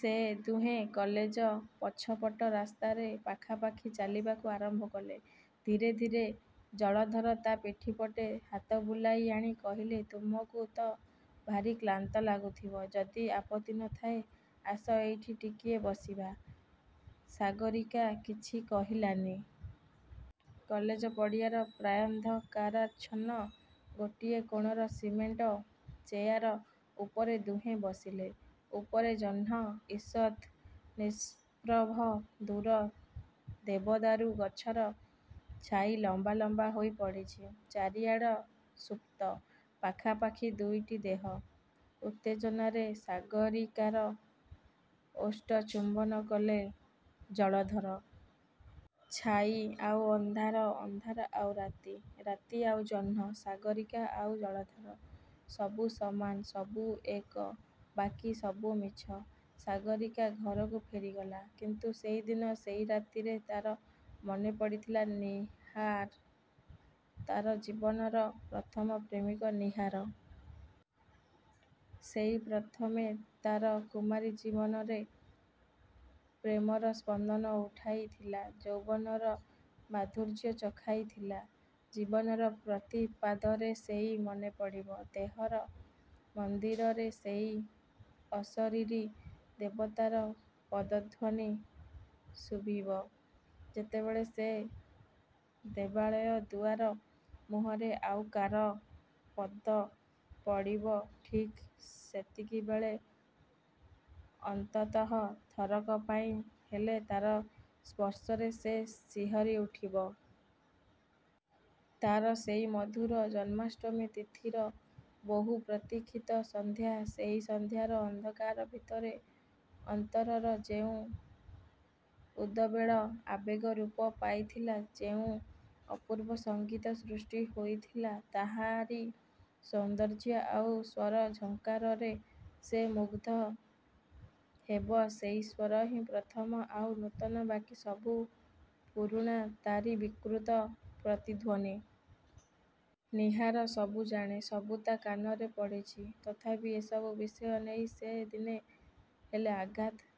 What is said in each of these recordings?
ସେ ଦୁହେଁ କଲେଜ ପଛ ପଟ ରାସ୍ତାରେ ପାଖା ପାଖି ଚାଲିବାକୁ ଆରମ୍ଭ କଲେ। ଧୀରେ ଧୀରେ ଜଳଧର ତା' ପିଠି ପଟେ ହାତ ବୁଲାଇ ଆଣି କହିଲେ–''ତୁମକୁ ତ ଭାରି କ୍ଳାନ୍ତ ଲାଗୁଥିବ–ଯଦି ଆପତ୍ତି ନଥାଏ ଆସ ଏଇଠି ଟିକିଏ ବସିବା। '' ସାଗରୀକା କିଛି କହିଲାନି। କଲେଜ ପଡ଼ିଆର ପ୍ରାୟାନ୍ଧକାରାଚ୍ଛନ୍ନ ଗୋଟିଏ କୋଣର ସିମେଣ୍ଟ ଚେୟାର ଉପରେ ଦୁହେଁ ବସିଲେ। ଉପରେ ଜହ୍ନ ଇଷତ୍ ନିଷ୍ପ୍ରଭ–ଦୂର ଦେବଦାରୁ ଗଛର ଛାଇ ଲମ୍ବା ଲମ୍ବା ହୋଇ ପଡ଼ିଛି। ଚାରିଆଡ଼ ସୁପ୍ତ। ପାଖା ପାଖି ଦୁଇଟି ଦେହ। ଉତ୍ତେଜନାରେ ସାଗରୀକାର ଓଷ୍ଠ ଚୁମ୍ବନ କଲେ ଜଳଧର। ଛାଇ ଆଉ ଅନ୍ଧାର। ଅନ୍ଧାର ଆଉ ରାତି। ରାତି ଆଉ ଜହ୍ନ। ସାଗରୀକା ଆଉ ଜଳଧର। ସବୁ ସମାନ; ସବୁ ଏକ। ବାକି ସବୁ ମିଛ। ସାଗରୀକା ଘରକୁ ଫେରିଗଲା। କିନ୍ତୁ ସେଇ ଦିନ ସେଇ ରାତିରେ ତା'ର ମନେପଡ଼ିଥିଲା ନୀହାର। ତା'ର ଜୀବନର ପ୍ରଥମ-ପ୍ରେମିକ ନୀହାର। ସେଇ ପ୍ରଥମେ ତା'ର କୁମାରୀ ଜୀବନରେ ପ୍ରେମର–ସ୍ପନ୍ଦନ ଉଠାଇ ଥିଲା–ଯୌବନର–ମାଧୁର୍ଯ୍ୟ ଚଖାଇ ଥିଲା। ଜୀବନର ପ୍ରତି ପାଦରେ ସେଇ ମନେପଡ଼ିବ। ଦେହର–ମନ୍ଦିରରେ ସେଇ ଅଶରୀରୀ ଦେବତାର ପଦଧ୍ୱନି ଶୁଭିବ। ଯେତେବେଳେ ସେ ଦେବାଳୟ ଦୁଆର ମୁହଁରେ ଆଉ କାର ପଦ ପଡ଼ିବ ଠିକ୍ ସେତିକିବେଳେ ଅନ୍ତତଃ ଥରକ ପାଇଁ ହେଲେ ତା'ର ସ୍ପର୍ଶରେ ସେ ଶିହରି ଉଠିବ। ତା'ର ସେଇ ମଧୁର ଜନ୍ମାଷ୍ଟମୀ ତିଥିର ବହୁ-ପ୍ରତୀକ୍ଷିତ ସନ୍ଧ୍ୟା। ସେଇ ସନ୍ଧ୍ୟାର ଅନ୍ଧକାର ଭିତରେ ଅନ୍ତରର ଯେଉଁ ଉଦବେଳ ଆବେଗ ରୂପ ପାଇଥିଲା; ଯେଉଁ ଅପୂର୍ବ ସଙ୍ଗୀତ ସୃଷ୍ଟି ହୋଇଥିଲା; ତାହାରି ସୌନ୍ଦର୍ଯ୍ୟ ଆଉ ସ୍ୱର ଝଙ୍କାରରେ ସେ ମୁଗ୍ଧ ହେବ। ସେଇ ସ୍ୱର ହିଁ ପ୍ରଥମ ଆଉ ନୂତନ–ବାକି ସବୁ ପୁରୁଣା–ତାରି ବିକୃତ ପ୍ରତିଧ୍ୱନି। ନୀହାର ସବୁ ଜାଣେ। ସବୁ ତା' କାନରେ ପଡ଼ିଛି। ତଥାପି ଏସବୁ ବିଷୟ ନେଇ; ସେ ଦିନେ ହେଲେ ଆଘାତ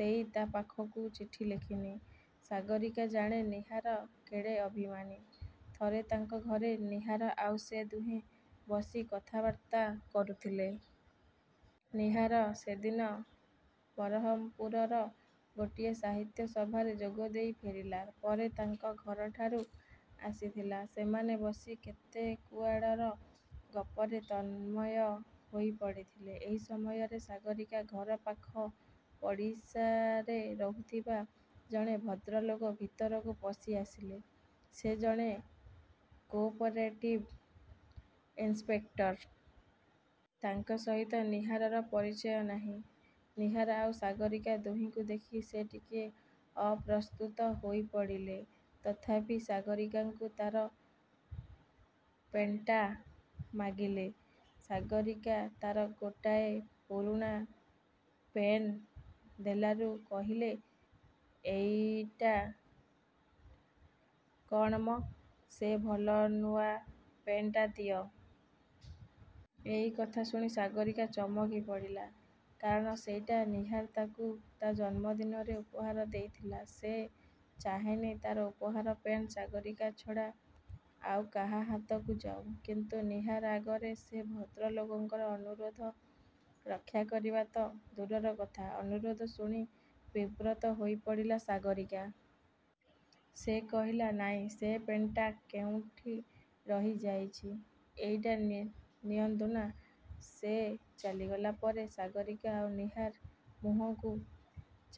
ଦେଇ, ତା' ପାଖକୁ ଚିଠି ଲେଖିନି। ସାଗରୀକା ଜାଣେ ନୀହାର କେଡ଼େ ଅଭିମାନୀ। ଥରେ ତାଙ୍କ ଘରେ ନୀହାର ଆଉ ସେ ଦୁହେଁ ବସି କଥାବାର୍ତ୍ତା କରୁଥିଲେ। ନୀହାର ସେଦିନ ବରହମପୁରର ଗୋଟିଏ ସାହିତ୍ୟ ସଭାରେ ଯୋଗଦେଇ ଫେରିଲା ପରେ ତାଙ୍କ ଘରଠାକୁ ଆସିଥିଲା। ସେମାନେ ବସି କେତେ କୁଆଡ଼ର ଗପରେ ତନ୍ମୟ ହୋଇ ପଡ଼ିଥିଲେ। ଏହି ସମୟରେ ସାଗରୀକା ଘର ପାଖ ପଡ଼ିଶାରେ ରହୁଥିବା ଜଣେ ଭଦ୍ରଲୋକ ଭିତରକୁ ପଶି ଆସିଲେ-। ସେ ଜଣେ କୋପରେଟିଭ ଇନ୍ସପେକ୍ଟର। ତାଙ୍କ ସହିତ ନୀହାରର ପରିଚୟ ନାହିଁ। ନୀହାର ଆଉ ସାଗରୀକା ଦୁହିଁଙ୍କୁ ଦେଖି ସେ ଟିକିଏ ଅପ୍ରସ୍ତୁତ ହୋଇ ପଡ଼ିଲେ ତଥାପି ସାଗରୀକାକୁ ତା'ର ପେନ୍ଟା ମାଗିଲେ। ସାଗରୀକା ତା'ର ଗୋଟାଏ ପୁରୁଣା। ପେନ୍ ଦେଲାରୁ କହିଲେ–''ଏଇଟା କ'ଣ ମ? ସେ ଭଲ ନୂଆ ପେନ୍ଟା ଦିଅ। '' ଏଇ କଥା ଶୁଣି ସାଗରୀକା ଚମକି ପଡ଼ିଲା। କାରଣ ସେଇଟା ନୀହାର ତାକୁ ତା' ଜନ୍ମଦିନରେ ଉପହାର ଦେଇଥିଲା। ସେ ଚାହେଁନି; ତା'ର ଉପହାର–ପେନ୍ ସାଗରୀକା ଛଡ଼ା ଆଉ କାହା ହାତକୁ ଯାଉ। କିନ୍ତୁ ନୀହାର ଆଗରେ ସେ ଭଦ୍ର ଲୋକଙ୍କର ଅନୁରୋଧ ରକ୍ଷା କରିବା ତ ଦୂରର କଥା; ଅନୁରୋଧ ଶୁଣି ବିବ୍ରତ ହୋଇପଡ଼ିଲା ସାଗରୀକା। ସେ କହିଲା–''ନାଇଁ–ସେ ପେନ୍ଟା କେଉଁଠି ରହି ଯାଇଛି; ଏଇଟା ନିଅନ୍ତୁନା। '' ସେ ଚାଲିଗଲା ପରେ ସାଗରୀକା ଆଉ ନୀହାର ମୁହଁକୁ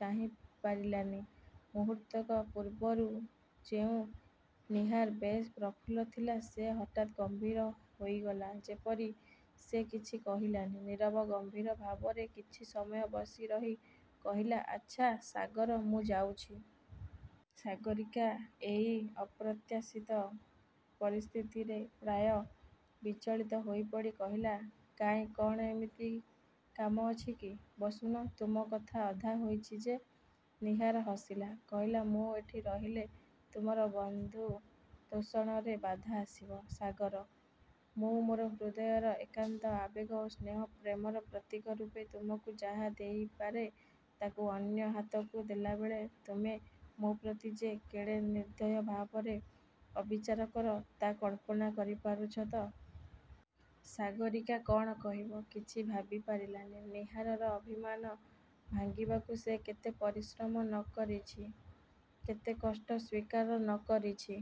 ଚାହିଁପାରିଲାନି। ମୁହୂର୍ତ୍ତକ ପୂର୍ବରୁ ଯେଉଁ ନୀହାର ବେଶ୍ ପ୍ରଫୁଲ୍ଲ ଥିଲା; ସେ ହଠାତ୍ ଗମ୍ଭୀର ହୋଇଗଲା ଯେପରି। ସେ କିଛି କହିଲାନି। ନୀରବ ଗମ୍ଭୀର ଭାବରେ କିଛି ସମୟ ବସି ରହି କହିଲା–''ଆଚ୍ଛା ସାଗର–ମୁଁ ଯାଉଛି। '' ସାଗରୀକା ଏଇ ଅପ୍ରତ୍ୟାଶିତ ପରିସ୍ଥିତିରେ ପ୍ରାୟ ବିଚଳିତ ହୋଇପଡ଼ି କହିଲା–''କାହିଁ–କ'ଣ ଏମିତି କାମ ଅଛି କି? ବସୁନ-। ତୁମ କଥା ଅଧା ହୋଇଛି ଯେ। '' ନୀହାର ହସିଲା। କହିଲା–''ମୁଁ ଏଠି ରହିଲେ ତୁମର ବନ୍ଧୁ–ତୋଷଣରେ ବାଧା ଆସିବ ସାଗର। ମୁଁ ମୋର ହୃଦୟର ଏକାନ୍ତ ଆବେଗ ଓ ସ୍ନେହ ପ୍ରେମର ପ୍ରତୀକ ରୂପେ ତୁମକୁ ଯାହା ଦେଇପାରେ; ତାକୁ ଅନ୍ୟ ହାତକୁ ଦେଲାବେଳେ ତୁମେ ମୋ'ପ୍ରତି ଯେ କେଡ଼େ ନିର୍ବ୍ଦୟ ଭାବରେ ଅବିଚାର କର, ତା' କଳ୍ପନା କରିପାରୁଛ ତ? '' ସାଗରୀକା କ'ଣ କହିବ; କିଛି ଭାବିପାରିଲାନି। ନୀହାରର ଅଭିମାନ ଭାଙ୍ଗିବାକୁ ସେ କେତେ ପରିଶ୍ରମ ନ କରିଛି, କେତେ କଷ୍ଟ ସ୍ୱୀକାର ନ କରିଛି।